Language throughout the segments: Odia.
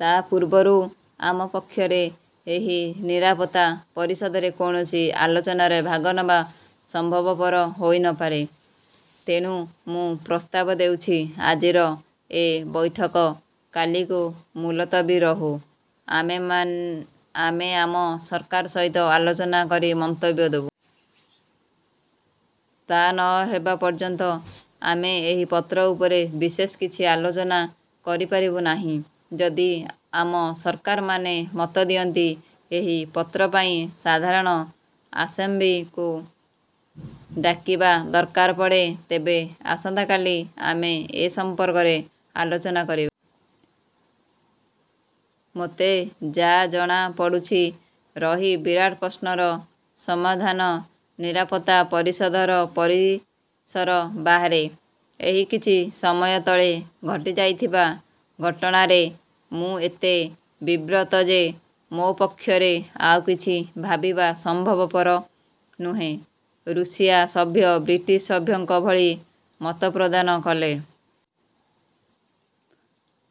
ତା ପୂର୍ବରୁ ଆମ ପକ୍ଷରେ ଏହି ନିରାପତ୍ତା ପରିଷଦରେ କୌଣସି ଆଲୋଚନାରେ ଭାଗ ନେବା ସମ୍ଭବପର ହୋଇ ନ ପାରେ। ତେଣୁ ମୁଁ ପ୍ରସ୍ତାବ ଦେଉଛି, ଆଜିର ଏ ବୈଠକ କାଲିକୁ ମୂଲତବୀ ରହୁ; ଆମେ ଆମ ସରକାର ସହିତ ଆଲୋଚନା କରି ମନ୍ତବ୍ୟ ଦେବୁ। ତା ନ ହେବା ପର୍ଯ୍ୟନ୍ତ ଆମେ ଏହି ପତ୍ର ଉପରେ ବିଶେଷ କିଛି ଆଲୋଚନା କରିପାରିବୁ ନାହିଁ। ଯଦି ଆମ ସରକାରମାନେ ମତ ଦିଅନ୍ତି, ଏହି ପତ୍ର ପାଇଁ ସାଧାରଣ ଆସେମ୍ବ୍ଲିକୁ ଡାକିବା ଦରକାର ପଡ଼େ, ତେବେ ଆସନ୍ତାକାଲି ଆମେ ସେ ସମ୍ପର୍କରେ ଆଲୋଚନା କରିବା। ମୋତେ ଯା' ଜଣାପଡ଼ୁଛି, ରହି ବିରାଟ ପ୍ରଶ୍ନର ସମାଧାନନିରାପତ୍ତା ପରିଷଦର ପରିସର ବାହାରେ। ଏହି କିଛି ସମୟ ତଳେ ଘଟିଯାଇଥିବା ଘଟଣାରେ ମୁଁ ଏତେ ବିବ୍ରତ ଯେ ମୋ ପକ୍ଷରେ ଆଉ କିଛି ଭାବିବା ସମ୍ଭବପର ନୁହେଁ। ଋଷିଆ ସଭ୍ୟ ବ୍ରିଟିଶ ସଭ୍ୟଙ୍କ ଭଳି ମତପ୍ରଦାନ କଲେ।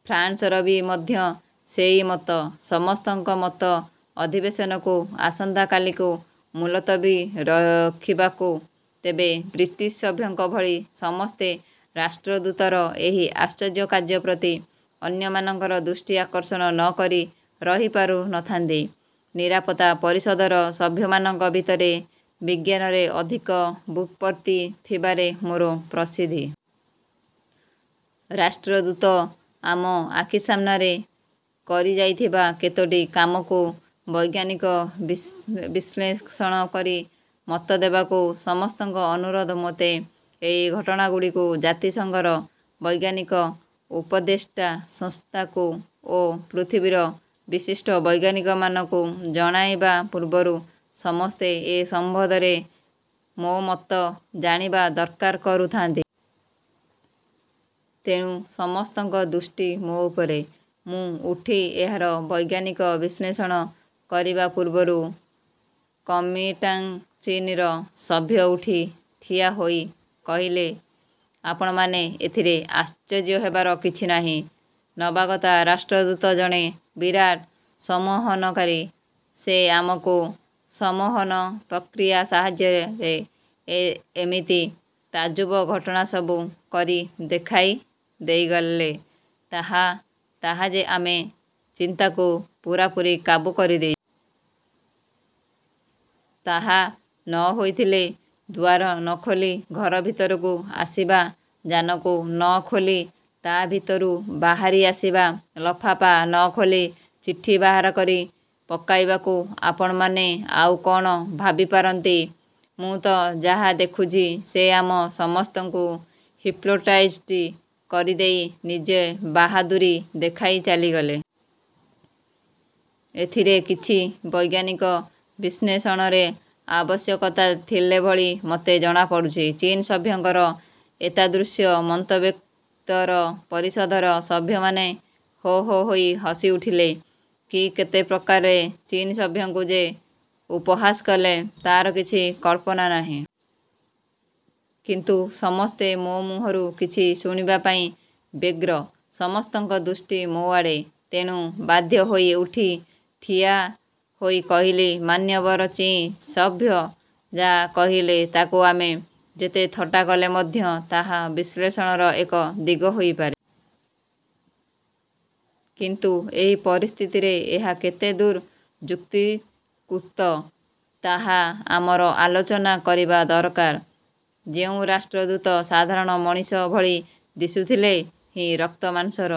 ଫ୍ରାନ୍ସର ବି ମଧ୍ୟ ସେଇ ମତ। ସମସ୍ତଙ୍କ ମତ ଅଧିବେଶନକୁ ଆସନ୍ତା କାଲିକୁ ମୁଲତବୀ ରଖିବାକୁ। ତେବେ ବ୍ରିଟିଶ ସଭ୍ୟଙ୍କ ଭଳି ସମସ୍ତେ ରାଷ୍ଟ୍ରଦୂତର ଏହି ଆଶ୍ଚର୍ଯ୍ୟ କାର୍ଯ୍ୟ ପ୍ରତି ଅନ୍ୟମାନଙ୍କର ଦୃଷ୍ଟି ଆକର୍ଷଣ ନ କରି ରହି ପାରୁ ନ ଥାନ୍ତି। ନିରାପତ୍ତା ପରିଷଦର ସଭ୍ୟମାନଙ୍କ ଭିତରେ ବିଜ୍ଞାନରେ ଅଧିକ ବୁତ୍ପତ୍ତି ଥିବାରେ ମୋର ପ୍ରସିଦ୍ଧି। ରାଷ୍ଟ୍ରଦୂତ ଆମ ଆଖି ସାମ୍ନାରେ କରିଯାଇଥିବା କେତୋଟି କାମକୁ ବୈଜ୍ଞାନିକ ବିଶ୍ଳେଷଣକରି ମତ ଦେବାକୁ ସମସ୍ତଙ୍କ ଅନୁରୋଧ ମୋତେ। ଏହି ଘଟଣାଗୁଡ଼ିକୁ ଜାତିସଂଘର ବୈଜ୍ଞାନିକ ଉପଦେଷ୍ଟା ସଂସ୍ଥାକୁ ଓ ପୃଥିବୀର ବିଶିଷ୍ଟ ବୈଜ୍ଞାନିକମାନକୁ ଜଣାଇବା ପୂର୍ବରୁ ସମସ୍ତେ ଏ ସମ୍ବନ୍ଧରେ ମୋ ମତ ଜାଣିବା ଦରକାର କରୁଥାନ୍ତି। ତେଣୁ ସମସ୍ତଙ୍କ ଦୃଷ୍ଟି ମୋ ଉପରେ। ମୁଁ ଉଠି ଏହାର ବୈଜ୍ଞାନିକ ବିଶ୍ଳେଷଣ କରିବା ପୂର୍ବରୁ କୋମିଂଟାଙ୍ଗ୍ ଚୀନର ସଭ୍ୟ ଉଠି ଠିଆହୋଇ କହିଲେ, ''ଆପଣମାନେ ଏଥିରେ ଆଶ୍ଚର୍ଯ୍ୟ ହେବାର କିଛି ନାହିଁ। ନବାଗତ ରାଷ୍ଟ୍ରଦୂତ ଜଣେ ବିରାଟ ସମ୍ମୋହନକାରୀ। ସେ ଆମକୁ ସମ୍ମୋହନ ପ୍ରକ୍ରିୟା ସାହାଯ୍ୟରେ ଏମିତି ତାଜୁବ ଘଟଣାସବୁ କରି ଦେଖାଇ ଦେଇଗଲେ ତାହା ଯେ ଆମ ଚିନ୍ତାକୁ ପୂରାପୂରି କାବୁ କରିଦେଇଛି। ତାହା ନ ହୋଇଥିଲେ ଦୁଆର ନ ଖୋଲି ଘର ଭିତରକୁ ଆସିବା, ଯାନକୁ ନ ଖୋଲି ତା ଭିତରୁ ବାହାରି ଆସିବା, ଲଫାପା ନ ଖୋଲି ଚିଠି ବାହାରକରି ପକାଇବାକୁ ଆପଣମାନେ ଆଉ କଣ ଭାବିପାରନ୍ତି? ମୁଁ ତ ଯାହା ଦେଖୁଚି, ସେ ଆମ ସମସ୍ତଙ୍କୁ ହିପ୍ନୋଟାଇଜଡ଼୍ କରିଦେଇ ନିଜ ବାହାଦୁରି ଦେଖାଇ ଚାଲିଗଲେ। ଏଥିରେ କିଛି ବୈଜ୍ଞାନିକ ବିଶ୍ଳେଷଣର ଆବଶ୍ୟକତା ଥିଲା ଭଳି ମୋତେ ଜଣାପଡ଼ୁନି। '' ଚୀନ ସଭ୍ୟଙ୍କ ଏତାଦୃଶ ମତବ୍ୟକ୍ତର ପରିଷଦର ସଭ୍ୟମାନେ ହୋ' ହୋ' ହୋଇ 'ହସି ଉଠିଲେ। କିଏ କେତେ ପ୍ରକାରେ ଚୀନ ସଭ୍ୟଙ୍କୁ ଯେ ଉପହାସ କଲେ ତାର କିଛି କଳ୍ପନା ନାହିଁ। କିନ୍ତୁ ସମସ୍ତେ ମୋ ମୁହଁରୁ କିଛି ଶୁଣିବା ପାଇଁ ବ୍ୟଗ୍ର। ସମସ୍ତଙ୍କ ଦୃଷ୍ଟି ମୋ ଆଡ଼େ। ତେଣୁ ବାଧ୍ୟ ହୋଇ ଉଠି ଠିଆ ହୋଇ କହିଲି,'' ମାନ୍ୟବର ଚିଂ ସଭ୍ୟ ଯା' କହିଲେ ତାକୁ ଆମେ ଯେତେ ଥଟ୍ଟା କଲେ ମଧ୍ୟ ତାହା ବିଶ୍ଳେଷଣର ଏକ ଦିଗ ହୋଇପାରେ। କିନ୍ତୁ ଏହି ପରିସ୍ଥିତିରେ ଏହା କେତେ ଦୂର ଯୁକ୍ତିକୁକ୍ତ, ତାହା ଆମର ଆଲୋଚନା କରିବା ଦରକାର। ଯେଉଁ ରାଷ୍ଟ୍ରଦୂତ ସାଧାରଣ ମଣିଷ ଭଳି ଦିଶୁଥିଲେ ହେଁ ରକ୍ତ ମାଂସର